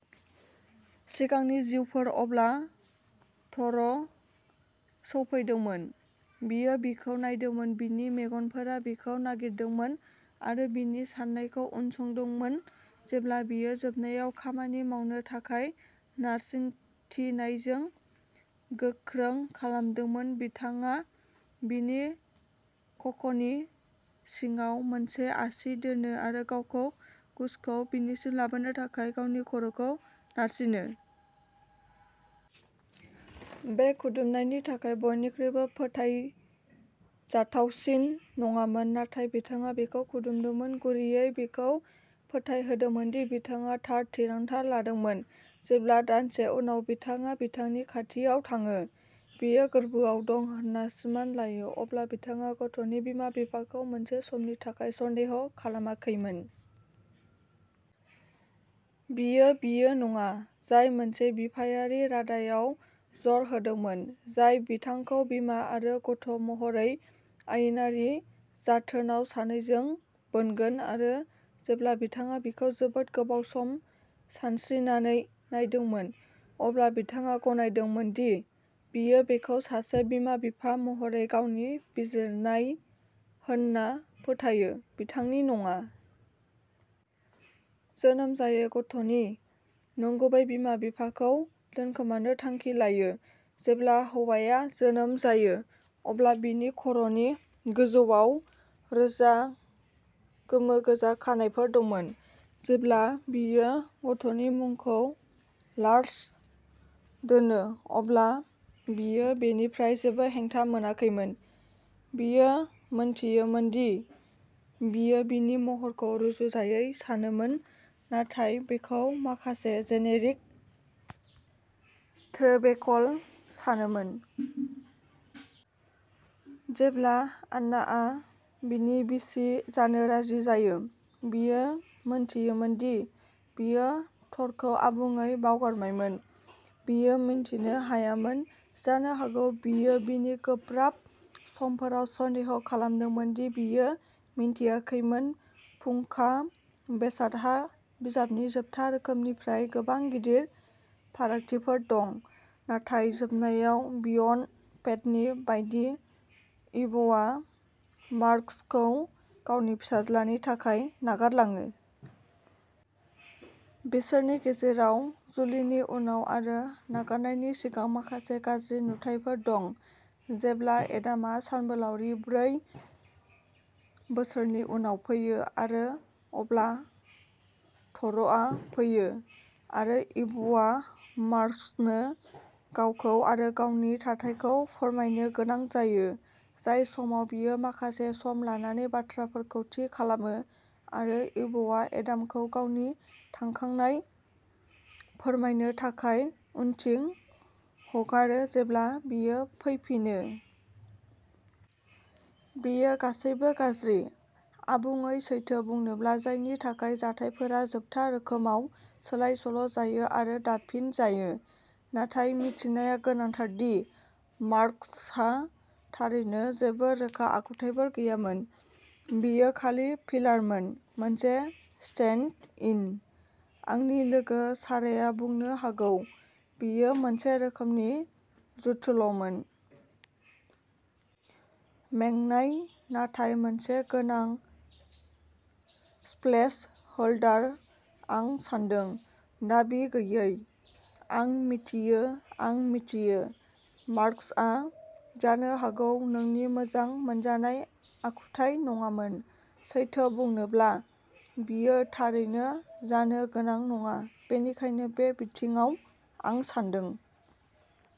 सिगांनि जिउफोर। अब्ला थ'र सौफैदोंमोन। बियो बिखौ नायदोंमोन, बिनि मेगनफोरा बिखौ नागिरदोंमोन, आरो बिनि साननायखौ उनसंदोंमोन जेब्ला बियो जोबनायाव खामानि मावनो थाखाय नारसिन्थिनायखौ गोख्रों खालामदोंमोन। बिथाङा बिनि खख'नि सिङाव मोनसे आसि दोनो, आरो गावनि गुस'खौ बिनिसिम लाबोनो थाखाय गावनि खर'खौ नारसिनो। बेयो खुदुमनायनि थाखाय बयनिख्रुइबो फोथायजाथावसिन नङामोन, नाथाय बिथाङा बिखौ खुदुमदोंमोन, गुरैयै बिखौ फोथायहोदोंमोन दि बिथाङा थार थिरांथा लादोंमोन। जेब्ला, दानसे उनाव, बिथाङा बिथांनि खाथियाव थाङो, बियो गोर्बोआव दं होन्ना सिमान लायो, अब्ला बिथाङा गथ'नि बिमा-बिफाखौ मोनसे समनि थाखाय सन्देह खालामाखैमोन। बियो, बियो नङा, जाय मोनसे बिफायारि रादायआव जर होदोंमोन, जाय बिथांखौ बिमा आरो गथ'महरै, आयेनारि जोथोनआव, सानैजों बोनगोन। आरो जेब्ला बिथाङा बिखौ जोबोद गोबाव सम सानस्रिनानै नायदोंमोन, अब्ला बिथाङा गनायदोंमोन दि बियो बेखौ सासे बिमा-बिफा महरै गावनि बिजिरनाय होनना फोथायो, बिथांनि नङा। जोनोम जायै गथ'नि नंगुबै बिमा-बिफाखौ दोनखोमानो थांखि लायो। जेब्ला हौवाया जोनोम जायो, अब्ला बिनि खर'नि गोजौआव रोजा गोमो-गोजा खानाइफोर दंमोन। जेब्ला बियो गथ'नि मुंखौ लार्स दोनो, अब्ला बियो बेनिफ्राय जेबो हेंथा मोनाखैमोन, बियो मोनथियोमोन दि बियो बिनि महरखौ रुजुजायै सानोमोन, नाथाय बेखौ माखासे जेनेटिक थ्रोबेकल'सानोमोन। जेब्ला आन्नाआ बिनि बिसि जानो राजि जायो, बियो मोनथियोमोन दि बियो थरखौ आबुङै बावगारबायमोन। बियो मिन्थिनो हायामोन, जानो हागौ बियो बिनि गोब्राब समफोराव सन्देह खालामदोंमोन दि बियो मिन्थियाखैमोन। फुंखा बेसादहा बिजाबनि जोबथा रोखोमनिफ्राय गोबां गिदिर फारागथिफोर दं नाथाय जोबनायाव, बियन्ड फेटनि बायदि, इभआ मार्कसखौ गावनि फिसाज्लानि थाखाय नागारलाङो। बिसोरनि गेजेराव जुलिनि उनाव आरो नागारनायनि सिगां माखासे गाज्रि नुथायफोर दं, जेब्ला एडामा सानबोलावरि ब्रै बोसोरनि उनाव फैयो, आरो अब्ला थ'रआ फैयो, आरो इभआ मार्कसनो गावखौ आरो गावनि थाथायखौ फोरमायनो गोनां जायो, जाय समाव बियो माखासे सम लानानै बाथ्राफोरखौ थि खालामो, आरो इभआ एडामखौ गावनि थांखांनाय फोरमायनो थाखाय उनथिं हगारो जेब्ला बियो फैफिनो। बेयो गासैबो गाज्रि, आबुङै सैथो बुंनोब्ला, जायनि थाखाय जाथायफोरा जोबथा रोखोमाव सोलाय-सोल'जायो आरो दाफिनजायो, नाथाय मिथिनाया गोनांथार दि मार्कसहा थारैनो जेबो रोखा आखुथायफोर गैयामोन। बियो खालि फिलारमोन। मोनसे स्टेन्ड इन। आंनि लोगो साराया बुंनो हागौ-- बियो मोनसे रोखोमनि जुथोल'मोन। मेंनाय नाथाय मोनसे गोनां प्लेसहोल्डार, आं सान्दों। दाबि गैयैः आं मिथियो, आं मिथियो। मार्कसआ जानो हागौ नोंनि मोजां मोनजानाय आखुथाय नङामोन। सैथो बुंनोब्ला, बियो थारैनो जानो गोनां नङा, बेनिखायनो बे बिथिङाव, आं सान्दों।